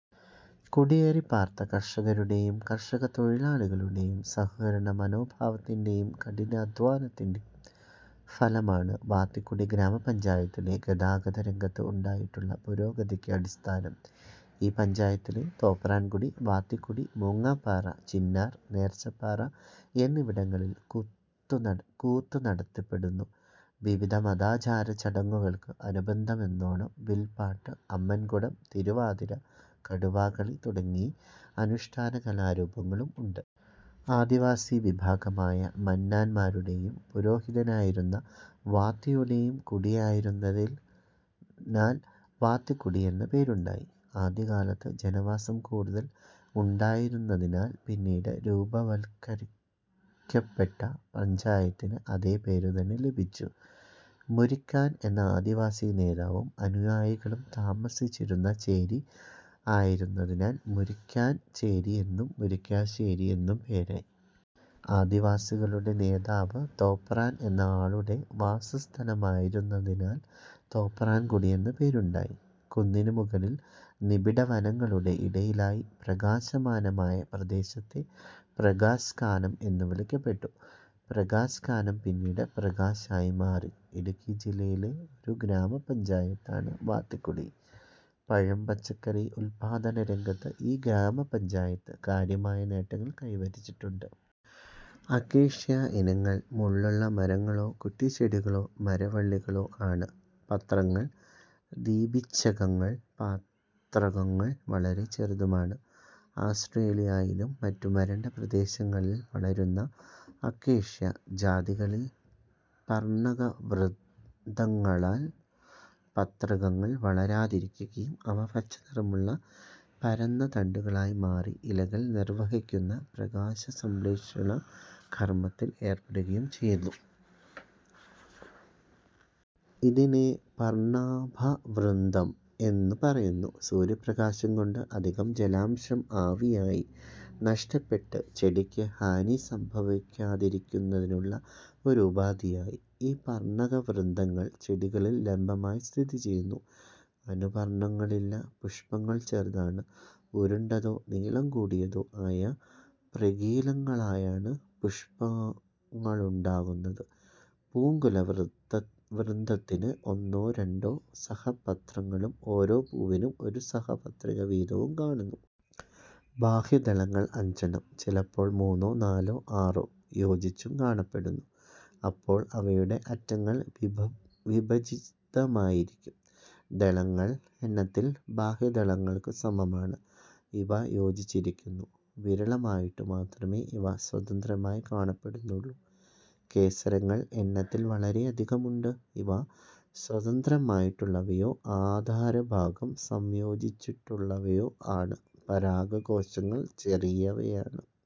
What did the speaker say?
കുടിയേറിപാർത്ത കർഷകരുടെയും കർഷകതൊഴിലാളികളുടെയും സഹകരണമനോഭാവത്തിന്റെയും കഠിനാദ്ധ്വാനത്തിന്റെയും ഫലമാണ് വാത്തിക്കുടി ഗ്രാമപഞ്ചായത്തിലെ ഗതാഗതരംഗത്ത് ഉണ്ടായിട്ടുള്ള പുരോഗതിക്ക് അടിസ്ഥാനം. ഈ പഞ്ചായത്തിലെ തോപ്രാൻകുടി, വാത്തിക്കുടി, മൂങ്ങാപ്പാറ, ചിന്നാർ, നേർച്ചപ്പാറ എന്നിവിടങ്ങളിൽ കൂത്ത് നടത്തപ്പെടുന്നു. വിവിധ മതാചാര ചടങ്ങുകൾക്ക് അനുബന്ധമെന്നാണം വിൽപ്പാട്ട്, അമ്മൻകുടം, തിരുവാതിര, കടുവാകളി തുടങ്ങി അനുഷ്ഠാന കലാരൂപങ്ങളും ഉണ്ട്. ആദിവാസി വിഭാഗമായ 'മന്നാൻ'മാരുടെ പുരോഹിതനായിരുന്ന 'വാത്തി'യുടെ കുടിയായിരുന്നതിനാൽ വാത്തിക്കുടി എന്ന പേരുണ്ടായി. ആദ്യകാലത്ത് ജനവാസം കൂടുതൽ ഉണ്ടായിരുന്നതിനാൽ പിന്നീട് രൂപവത്കരിക്കപ്പെട്ട പഞ്ചായത്തിന് അതേ പേരു തന്നെ ലഭിച്ചു. 'മുരിക്കാൻ' എന്ന ആദിവാസി നേതാവും അനുയായികളും താമസിച്ചിരുന്ന 'ചേരി' ആയിരുന്നതിനാൽ മുരിക്കാൻ ചേരി എന്നും മുരിക്കാശ്ശേരി എന്നും പേരായി. ആദിവാസികളുടെ നേതാവ് തോപ്രാൻ എന്ന ആളുടെ വാസസ്ഥലമായിരുന്നതിനാൽ തോപ്രാൻകുടി എന്ന പേരുണ്ടായി. കുന്നിനു മുകളിൽ നിബിഡ വനങ്ങളുടെ ഇടയിലായി പ്രകാശമാനമായ പ്രദേശത്തെ പ്രകാശ് കാനം എന്നു വിളിക്കപ്പെട്ടു. പ്രകാശ് കാനം പിന്നീട് പ്രകാശ് ആയി മാറി. ഇടുക്കി ജില്ലയിലെ ഒരു ഗ്രാമപഞ്ചായത്താണ് വാത്തിക്കുടി. പഴം പച്ചക്കറി ഉല്പാദനരംഗത്ത് ഈ ഗ്രാമപഞ്ചായത്ത് കാര്യമായ നേട്ടങ്ങൾ കൈവരിച്ചിട്ടുണ്ട്. അക്കേഷ്യ ഇനങ്ങൾ മുള്ളുള്ള മരങ്ങളോ കുറ്റിച്ചെടികളോ മരവള്ളികളോ ആണ്. പത്രങ്ങൾ ദ്വിപിച്ഛകങ്ങളും പത്രകങ്ങൾ വളരെ ചെറുതുമാണ്. ആസ്ട്രേലിയയിലെയും മറ്റും വരണ്ട പ്രദേശങ്ങളിൽ വളരുന്ന അക്കേഷ്യ ജാതികളിൽ പർണകവൃന്ത ങ്ങളിൽ പത്രകങ്ങൾ വളരാതിരിക്കുകയും അവ പച്ചനിറമുള്ള പരന്ന തണ്ടുകളായി മാറി ഇലകൾ നിർവഹിക്കുന്ന പ്രകാശസംശ്ളേഷണ കർമത്തിൽ ഏർപ്പെടുകയും ചെയ്യുന്നു. ഇതിനെ പർണാഭവൃന്തം എന്നു പറയുന്നു. സൂര്യപ്രകാശംകൊണ്ട് അധികം ജലാംശം ആവിയായി നഷ്ടപ്പെട്ട് ചെടിക്ക് ഹാനി സംഭവിക്കാതിരിക്കുന്നതിനുള്ള ഒരു ഉപാധിയായി, ഈ പർണകവൃന്തങ്ങൾ ചെടികളിൽ ലംബമായി സ്ഥിതിചെയ്യുന്നു. അനുപർണങ്ങളില്ല. പുഷ്പങ്ങൾ ചെറുതാണ്. ഉരുണ്ടതോ നീളം കൂടിയതോ ആയ പ്രകീലങ്ങളായാണ് പുഷ്പങ്ങളുണ്ടാകുന്നത്. പൂങ്കുലവൃന്തത്തിന് ഒന്നോ രണ്ടോ സഹപത്രങ്ങളും, ഓരോ പൂവിനും ഒരു സഹപത്രിക വീതവും കാണുന്നു. ബാഹ്യദളങ്ങൾ അഞ്ചെണ്ണം. ചിലപ്പോൾ മൂന്നോ, നാലോ, ആറോ യോജിച്ചും കാണപ്പെടുന്നു. അപ്പോൾ അവയുടെ അറ്റങ്ങൾ വിഭജിതമായിരിക്കും. ദളങ്ങൾ എണ്ണത്തിൽ ബാഹ്യദളങ്ങൾക്കു സമമാണ്; ഇവ യോജിച്ചിരിക്കുന്നു. വിരളമായിട്ടു മാത്രമേ ഇവ സ്വതന്ത്രമായി കാണപ്പെടുന്നുള്ളൂ. കേസരങ്ങൾ എണ്ണത്തിൽ വളരെ അധികമുണ്ട്; ഇവ സ്വതന്ത്രമായിട്ടുള്ളവയോ ആധാരഭാഗം സംയോജിച്ചിട്ടുള്ളവയോ ആണ്. പരാഗകോശങ്ങൾ ചെറിയവയാണ്.